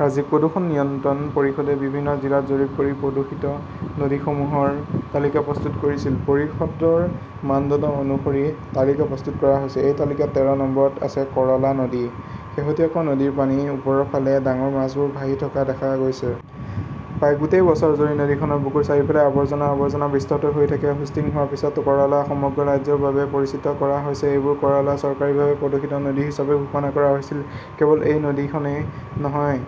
ৰাজ্যিক প্ৰদূষণ নিয়ন্ত্ৰণ পৰিষদে বিভিন্ন জিলাত জৰীপ কৰি প্ৰদূষিত নদীসমূহৰ তালিকা প্ৰস্তুত কৰিছিল। পৰিষদৰ মানদণ্ড অনুসৰি তালিকা প্ৰস্তুত কৰা হৈছে। এই তালিকাত তেৰ নম্বৰত আছে কৰলা নদী। শেহতীয়াকৈ নদীৰ পানীৰ ওপৰৰ ফালে ডাঙৰ মাছবোৰ ভাহি থকা দেখা গৈছে। প্ৰায় গোটেই বছৰজুৰি নদীখনৰ বুকুৰ চাৰিওফালে আবৰ্জনা-আবৰ্জনা বিস্তাৰিত হৈ থাকে। হোষ্টিং হোৱাৰ পিছত কৰলা সমগ্ৰ ৰাজ্যৰ বাবে পৰিচিত কৰা হৈছিল। এইবাৰ কৰলা চৰকাৰীভাৱে প্ৰদূষিত নদী হিচাপেও ঘোষণা কৰা হৈছিল। কেৱল এই নদীখনেই নহয়,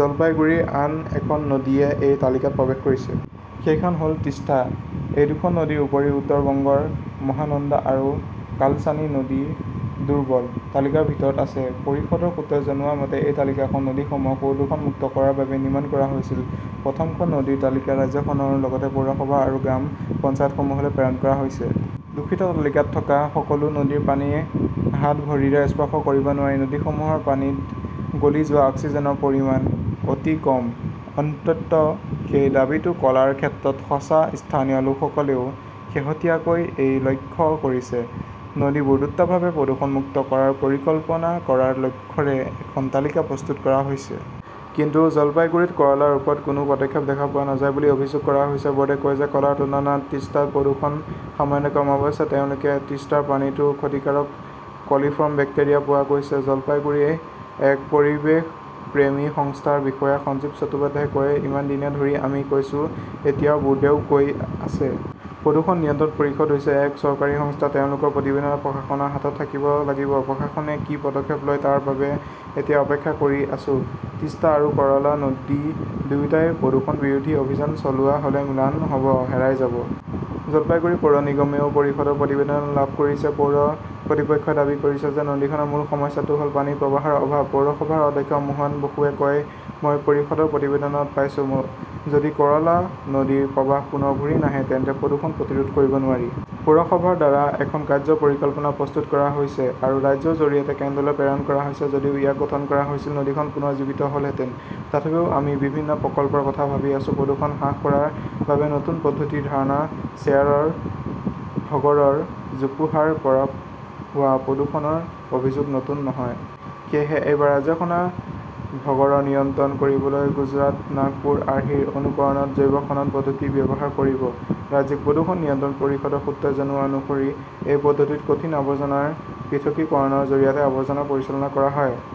জলপাইগুড়িৰ আন এখন নদীয়ে এই তালিকাত প্ৰৱেশ কৰিছে। সেইখন হ'ল তিষ্টা। এই দুখন নদীৰ উপৰিও উত্তৰ বংগৰ মহানন্দা আৰু কালচানি নদী দুৰ্বল তালিকাৰ ভিতৰত আছে। পৰিষদৰ সূত্ৰই জনোৱা মতে, এই তালিকাখন নদীসমূহক প্ৰদূষণমুক্ত কৰাৰ বাবে নিৰ্মাণ কৰা হৈছিল। প্ৰথম খন নদীৰ তালিকা ৰাজ্যখনৰ লগতে পৌৰসভা আৰু গ্ৰাম পঞ্চায়তসমূহলৈ প্ৰেৰণ কৰা হৈছে। দূষিত তালিকাত থকা সকলো নদীৰ পানী হাত-ভৰিৰে স্পৰ্শ কৰিব নোৱাৰি। নদীসমূহৰ পানীত গলি যোৱা অক্সিজেনৰ পৰিমাণ অতি কম। অন্ততঃ সেই দাবীটো কৰ্লাৰ ক্ষেত্ৰত সঁচা, স্থানীয় লোকসকলেও শেহতীয়াকৈ এইটো লক্ষ্য কৰিছে। নদীবোৰ দ্ৰুতভাৱে প্ৰদূষণমুক্ত কৰাৰ পৰিকল্পনা কৰাৰ লক্ষ্যৰে এখন তালিকা প্ৰস্তুত কৰা হৈছে। কিন্তু জলপাইগুড়িত কৰলাৰ ওপৰত কোনো পদক্ষেপ দেখা পোৱা নাযায় বুলি অভিযোগ কৰা হৈছে। ব'ৰ্ডে কয় যে কৰ্লাৰ তুলনাত টিষ্টাত প্ৰদূষণ সামান্য কম। অৱশ্যে তেওঁলোকে টিষ্টাৰ পানীতও ক্ষতিকাৰক কলিফৰ্ম বেক্টেৰিয়া পোৱা গৈছে। জলপাইগুড়িৰ এক পৰিৱেশপ্ৰেমী সংস্থাৰ বিষয়া সঞ্জীৱ চট্টোপাধ্যায়ই কয়, 'ইমান দিন ধৰি আমি কৈছো, এতিয়া বোৰ্ডেও কৈ আছে। প্ৰদূষণ নিয়ন্ত্ৰণ পৰিষদ হৈছে এক চৰকাৰী সংস্থা। তেওঁলোকৰ প্ৰতিবেদন প্ৰশাসনৰ হাতত থাকিব লাগিব। প্ৰশাসনে কি পদক্ষেপ লয় তাৰ বাবে এতিয়া অপেক্ষা কৰি আছো। টিষ্টা আৰু কৰলা নদী দুয়োটাই প্ৰদূষণ বিৰোধী অভিযান চলোৱা নহ'লে ম্লান হ'ব, হেৰাই যাব। 'জলপাইগুৰি পৌৰ নিগমেও পৰিষদৰ প্ৰতিবেদন লাভ কৰিছে। পৌৰ কৰ্তৃপক্ষই দাবী কৰিছে যে নদীখনৰ মূল সমস্যাটো হ'ল পানীৰ প্ৰৱাহৰ অভাৱ। পৌৰসভাৰ অধ্যক্ষ মোহন বসুৱে কয়, 'মই পৰিষদৰ প্ৰতিবেদন পাইছো'। যদি কৰলা নদীৰ প্ৰবাহ পুনৰ ঘূৰি নাহে তেন্তে প্ৰদূষণ প্ৰতিৰোধ কৰিব নোৱাৰি। পৌৰসভাৰ দ্বাৰা এখন কাৰ্য্য পৰিকল্পনা প্ৰস্তুত কৰা হৈছে আৰু ৰাজ্যৰ জৰিয়তে কেন্দ্ৰলৈ প্ৰেৰণ কৰা হৈছে। যদিও ইয়াক গঠন কৰা হৈছিল, নদীখন পুনৰ জীৱিত হ'লহেঁতেন। তথাপিও আমি বিভিন্ন প্ৰকল্পৰ কথা ভাবি আছো। প্ৰদূষণ হ্ৰাস কৰাৰ বাবে নতুন পদ্ধতিৰ ধাৰণা শ্বেয়াৰৰ ভগড়ৰ জোপোহাৰ পৰা হোৱা প্ৰদূষণৰ অভিযোগ নতুন নহয়। সেয়েহে এইবাৰ ৰাজ্যখনে ভগড়ৰ নিয়ন্ত্ৰণ কৰিবলৈ গুজৰাট-নাগপুৰ আৰ্হিৰ অনুকৰণত 'জৈৱ-খনন 'পদ্ধতি ব্যৱহাৰ কৰিব। ৰাজ্যিক প্ৰদূষণ নিয়ন্ত্ৰণ পৰিষদৰ সূত্ৰই জনোৱা অনুসৰি এই পদ্ধতিত কঠিন আৱৰ্জনাৰ পৃথকীকৰণৰ জৰিয়তে আৱৰ্জনা পৰিচালনা কৰা হয়।